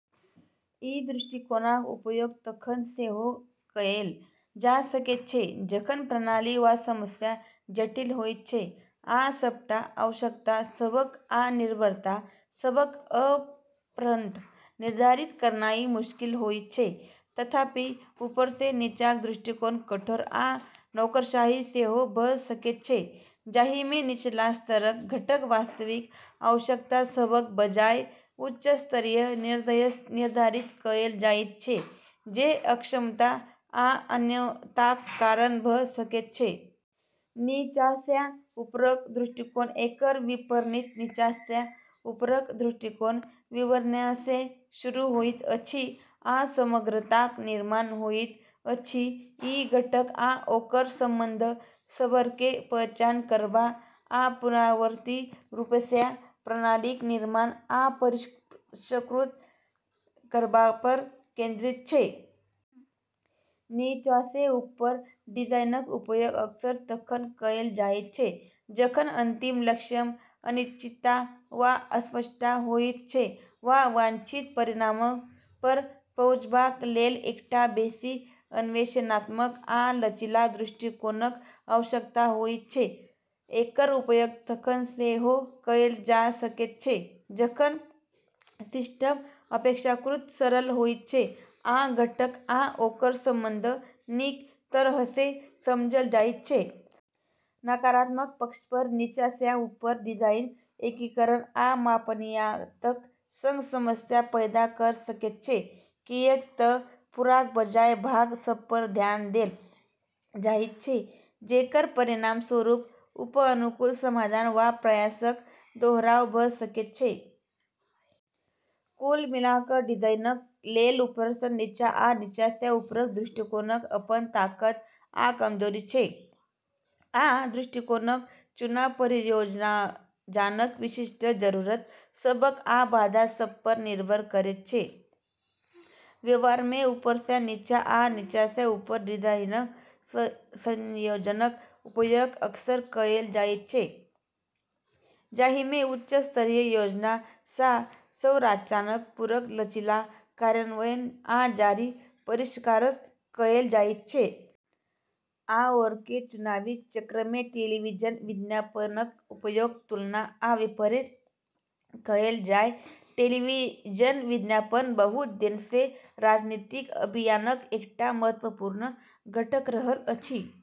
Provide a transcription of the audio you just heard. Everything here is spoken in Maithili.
ई दृष्टिकोणक उपयोग तखन सेहो कएल जा सकैत छै जखन प्रणाली वा समस्या जटिल होइत छै, आ सबटा आवश्यकता सभक आ निर्भरता सभक अपफ्रंट निर्धारित करनाइ मुश्किल होइत छै। तथापि, ऊपरसँ नीचाक दृष्टिकोण कठोर आ नौकरशाही सेहो भऽ सकैत छै, जाहिमे निचला स्तरक घटक वास्तविक आवश्यकता सभक बजाय उच्च स्तरीय निर्णयसँ निर्धारित कएल जाइत छै, जे अक्षमता आ अनम्यताक कारण भऽ सकैत छै। नीचाँसँ ऊपरक दृष्टिकोण: एकर विपरीत नीचाँसँ ऊपरक दृष्टिकोण विवरणसँ शुरू होइत अछि आ समग्रताक निर्माण होइत अछि। ई घटक आ ओकर संबंध सभकेँ पहचान करबा आ पुनरावर्ती रूपसँ प्रणालीक निर्माण आ परिष्कृत करबापर केंद्रित छै। नीचाँसँ ऊपर डिजाइनक उपयोग अक्सर तखन कएल जाइत छै जखन अंतिम लक्ष्यमे अनिश्चितता वा अस्पष्टता होइत छै, आ वांछित परिणामपर पहुँचबाक लेल एकटा बेसी अन्वेषणात्मक आ लचीला दृष्टिकोणक आवश्यकता होइत छै। एकर उपयोग तखन सेहो कएल जा सकैत छै जखन सिस्टम अपेक्षाकृत सरल होइत छै, आ घटक आ ओकर संबंध नीक तरहसँ समझल जाइत छै। नकारात्मक पक्षपर, नीचाँसँ ऊपर डिजाइन एकीकरण आ मापनीयताक संग समस्या पैदा कऽ सकैत छै, किऐक तऽ पूराक बजाय भाग सभपर ध्यान देल जाइत छै, जेकर परिणामस्वरूप उप-अनुकूल समाधान वा प्रयासक दोहराव भऽ सकैत छै। कुल मिला कऽ, डिजाइनक लेल ऊपरसँ नीचा आ नीचासँ ऊपरक दृष्टिकोणक अपन ताकत आ कमजोरी छै, आ दृष्टिकोणक चुनाव परियोजनाक विशिष्ट जरूरत सभक आ बाधा सभपर निर्भर करैत छै। व्यवहारमे, ऊपरसँ नीचा आ नीचासँ ऊपर डिजाइनक संयोजनक उपयोग अक्सर कएल जाइत छै, जाहिमे उच्च स्तरीय योजना आ संरचनाक पूरक लचीला कार्यान्वयन आ जारी परिष्कारसँ कएल जाइत छै। आओरके चुनावी चक्रमे टेलीविजन विज्ञापनक उपयोगक तुलना आ विपरीत कएल जाय। टेलीविजन विज्ञापन बहुत दिनसँ राजनीतिक अभियानक एकटा महत्वपूर्ण घटक रहल अछि।